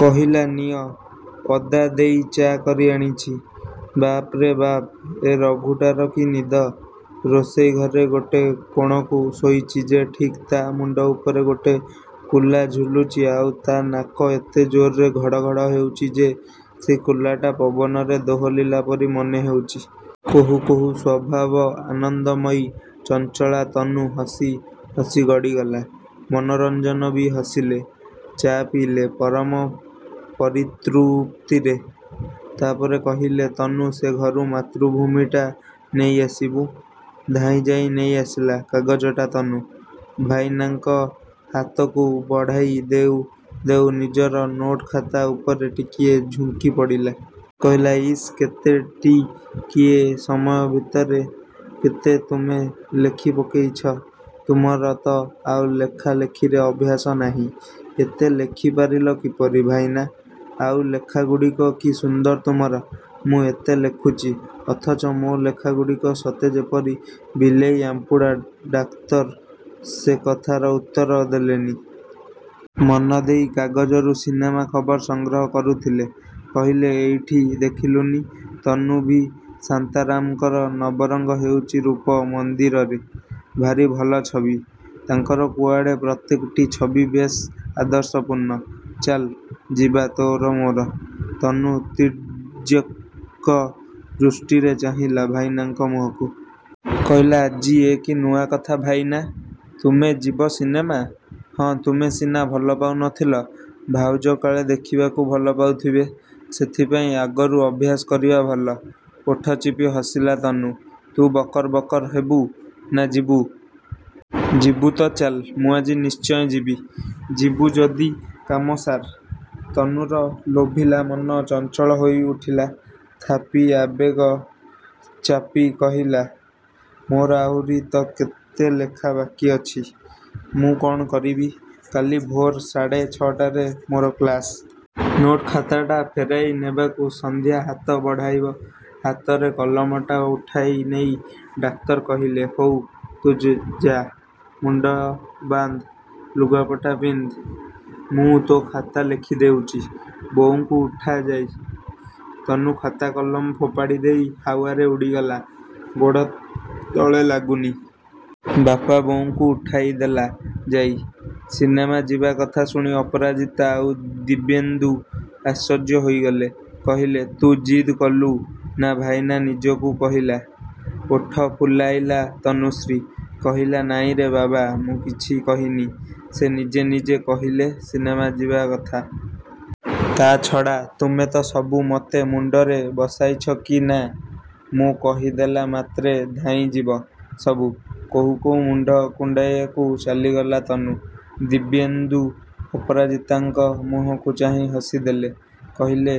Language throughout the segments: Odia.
କହିଲା, ନିଅ। ଅଦା ଦେଇ ଚା କରି ଆଣିଛି। ବାପରେ ବାପ୍, ଏ ରଘୁଟାର କି ନିଦ! ରୋଷେଇ ଘରେ ଗୋଟେ କୋଣକୁ ଶୋଇଛି ଯେ ଠିକ୍ ତା' ମୁଣ୍ଡ ଉପରେ ଗୋଟେ କୁଲା ଝୁଲୁଛି ଆଉ ତା' ନାକ ଏତେ ଜୋରରେ ଘଡ଼ଘଡ଼ ହେଉଛି ଯେ ସେଇ କୁଲାଟା ପବନରେ ଦୋହଲିଲା ପରି ମନେହେଉଛି। କହୁ କହୁ ସ୍ୱଭାବ ଆନନ୍ଦମୟୀ, ଚଞ୍ଚଳା ତନୁ ହସି ହସି ଗଡ଼ିଗଲା। ମନୋରଞ୍ଜନ ବି ହସିଲେ। ଚା ପିଇଲେ ପରମ ପରିତୃପ୍ତିରେ। ତା'ପରେ କହିଲେ, ତନୁ, ସେ ଘରୁ 'ମାତୃଭୂମି'ଟା ନେଇଆସିବୁ। ଧାଇଁଯାଇ ନେଇଆସିଲା କାଗଜଟା ତନୁ। ଭାଇନାଙ୍କ ହାତକୁ ବଢ଼ାଇ ଦେଉ ଦେଉ ନିଜର ନୋଟ୍-ଖାତା ଉପରେ ଟିକିଏ ଝୁଙ୍କିପଡ଼ିଲା। କହିଲା ଇସ୍, କେତେଟିକିଏ ସମୟ ଭିତରେ କେତେ ତୁମେ ଲେଖିପକେଇଛ! ତୁମର ତ ଆଉ ଲେଖାଲେଖିରେ ଅଭ୍ୟାସ ନାହିଁ। ଏତେ ଲେଖିପାରିଲ କିପରି, ଭାଇନା? ଆଉ ଲେଖାଗୁଡ଼ିକ କି ସୁନ୍ଦର ତୁମର! ମୁଁ ଏତେ ଲେଖୁଛି, ଅଥଚ ମୋ ଲେଖାଗୁଡ଼ିକ ସତେଯେପରି ବିଲେଇ ଆମ୍ପୁଡ଼ା। ଡାକ୍ତର ସେକଥାର ଉତ୍ତର ଦେଲେନି। ମନଦେଇ କାଗଜରୁ ସିନେମା ଖବର ସଂଗ୍ରହ କରୁଥିଲେ। କହିଲେ, ଏଇଠି ଦେଖିଲୁଣି, ତନୁ, ଭି. ଶାନ୍ତାରାମଙ୍କର ନବରଙ୍ଗ ହେଉଛି ରୂପ ମନ୍ଦିର'ରେ। ଭାରି ଭଲ ଛବି। ତାଙ୍କର କୁଆଡ଼େ ପ୍ରତ୍ୟେକଟି ଛବି ବେଶ୍ ଆଦର୍ଶପୂର୍ଣ୍ଣ। ଚାଲ, ଯିବା ତୋର ମୋର। ତନୁ ତୀର୍ଯ୍ୟକ ଦୃଷ୍ଟିରେ ଚାହିଁଲା ଭାଇନାଙ୍କ ମୁହଁକୁ। କହିଲା, ଆଜି ଏ କି ନୂଆ କଥା, ଭାଇନା? ତୁମେ ଯିବ ସିନେମା? ହଁ, ତୁମେ ସିନା ଭଲପାଉନଥିଲ, ଭାଉଜ କାଳେ ଦେଖିବାକୁ ଭଲପାଉଥିବେ! ସେଥିପାଇଁ ଆଗରୁ ଅଭ୍ୟାସ କରିବା ଭଲ। ଓଠ ଚିପି ହସିଲା ତନୁ। ତୁ ବକର ବକର ହେବୁ, ନା ଯିବୁ? ଯିବୁ ତ ଚାଲ୍। ମୁଁ ଆଜି ନିଶ୍ଚୟ ଯିବି। ଯିବୁ ଯଦି କାମ ସାର୍। ତନୁର ଲୋଭିଲା ମନ ଚଞ୍ଚଳ ହୋଇଉଠିଲା। ଥାପି ଆବେଗ ଚାପି କହିଲା, ମୋର ଆହୁରି ତ କେତେ ଲେଖା ବାକି ଅଛି, ମୁଁ କ'ଣ କରିବି? କାଲି ଭୋର୍ ସାଢ଼େ ଛଅଟାରେ ମୋର କ୍ଲାସ୍। ନୋଟ୍ଖା ତାଟା ଫେରାଇ ନେବାକୁ ସନ୍ଧ୍ୟା ହାତ ବଢ଼ାଇବ। ହାତରେ କଲମଟା ଉଠାଇନେଇ ଡାକ୍ତର କହିଲେ, ହଉ, ତୁ ଯା, ମୁଣ୍ଡ ବାନ୍ଧ, ଲୁଗାପଟା ପିନ୍ଧ। ମୁଁ ତୋ ଖାତା ଲେଖିଦେଉଛି। ବୋଉଙ୍କୁ ଉଠା ଯାଇ। ତନୁ ଖାତା-କଲମ ଫୋପାଡ଼ିଦେଇ ହାୱାରେ ଉଡ଼ିଗଲା। ଗୋଡ଼ ତଳେ ଲାଗୁନି। ବାପା ବୋଉଙ୍କୁ ଉଠାଇଦେଲା ଯାଇ। ସିନେମା ଯିବା କଥା ଶୁଣି ଅପରାଜିତା ଆଉ ଦିବ୍ୟେନ୍ଦୁ ଆଶ୍ଚର୍ଯ୍ୟ ହୋଇଗଲେ। କହିଲେ, ତୁ ଜିଦ୍ କଲୁ, ନା ଭାଇନା ନିଜକୁ କହିଲା? ଓଠ ଫୁଲାଇଲା ତନୁଶ୍ରୀ। କହିଲା, ନାଇଁରେ ବାବା, ମୁଁ କିଛି କହିନି। ସେ ନିଜେ ନିଜେ କହିଲେ ସିନେମା ଯିବା କଥା। ତା' ଛଡ଼ା, ତୁମେ ତ ସବୁ ମୋତେ ମୁଣ୍ଡରେ ବସାଇଛ କି ନା, ମୁଁ କହିଦେଲା ମାତ୍ରେ ଧାଇଁଯିବ ସବୁ। କହୁ କହୁ ମୁଣ୍ଡ କୁଣ୍ଡାଇବାକୁ ଚାଲିଗଲା ତନୁ। ଦିବ୍ୟେନ୍ଦୁ ଅପରାଜିତାଙ୍କ ମୁହଁକୁ ଚାହିଁ ହସିଦେଲେ। କହିଲେ,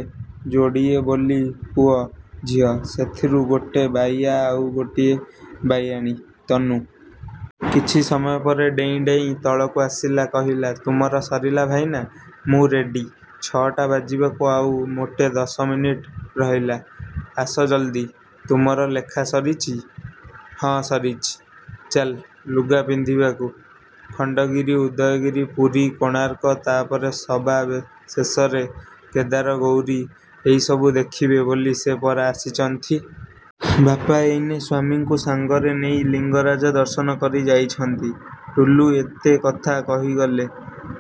ଯୋଡ଼ିଏ ବୋଲି ପୁଅ ଝିଅ, ସେଥିରୁ ଗୋଟେ ବାୟା ଆଉ ଗୋଟିଏ ବାୟାଣୀ।"ତନୁ କିଛି ସମୟ ପରେ ଡେଇଁ ଡେଇଁ ତଳକୁ ଆସିଲା, କହିଲା, ତୁମର ସରିଲା, ଭାଇନା? ମୁଁ ରେଡ଼ି। ଛଅଟା ବାଜିବାକୁ ଆଉ ମୋଟେ ଦଶ ମିନିଟ୍ ରହିଲା। ଆସ ଜଲ୍ଦି। ତୁମର ଲେଖା ସରିଛି? ହଁ, ସରିଛି। ଚାଲ। ଲୁଗା ପିନ୍ଧିବାକୁ। ଖଣ୍ଡଗିରି, ଉଦୟଗିରି, ପୁରୀ, କୋଣାର୍କ, ତାପରେ ସବା ଶେଷରେ କେଦାରଗୌରୀ ଏହିସବୁ ଦେଖିବେ ବୋଲି ସେ ପରା ଆସିଛନ୍ତି! ବାପା ଏଇନେ ସ୍ୱାମୀଙ୍କୁ ସାଙ୍ଗରେ ନେଇ ଲିଙ୍ଗରାଜ ଦର୍ଶନ କରି ଯାଇଛନ୍ତି। ଟୁଲୁ ଏତେ କଥା କହିଗଲେ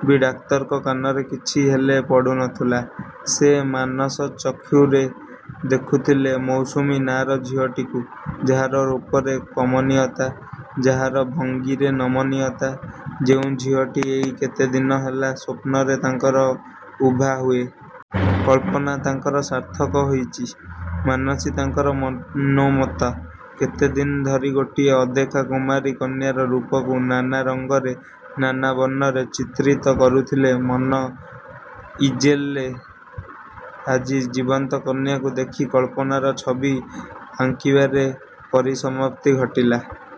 ବି ଡାକ୍ତରଙ୍କ କାନରେ କିଛି ହେଲେ ପଡ଼ୁନଥିଲା। ସେ ମାନସଚକ୍ଷୁରେ ଦେଖୁଥିଲେ 'ମୌସୁମୀ' ନାଁର ଝିଅଟିକୁ ଯାହାର ରୂପରେ କମନୀୟତା, ଯାହାର ଭଙ୍ଗୀରେ ନମନୀୟତା; ଯେଉଁ ଝିଅଟି ଏଇ କେତେଦିନ ହେଲା ସ୍ୱପ୍ନରେ ତାଙ୍କର ଉଭା ହୁଏ। କଳ୍ପନା ତାଙ୍କର ସାର୍ଥକ ହୋଇଛି, ମାନସୀ ତାଙ୍କର ମନୋମତ। କେତେଦିନ ଧରି ଗୋଟିଏ ଅଦେଖା କୁମାରୀ କନ୍ୟାର ରୂପକୁ ନାନା ରଙ୍ଗରେ, ନାନା ବର୍ଣ୍ଣରେ ଚିତ୍ରିତ କରୁଥିଲେ ମନ-ଇଜେଲରେ, ଆଜି ଜୀବନ୍ତ କନ୍ୟାକୁ ଦେଖି କଳ୍ପନାର ଛବି ଆଙ୍କିବାରେ ପରିସମାପ୍ତି ଘଟିଲା।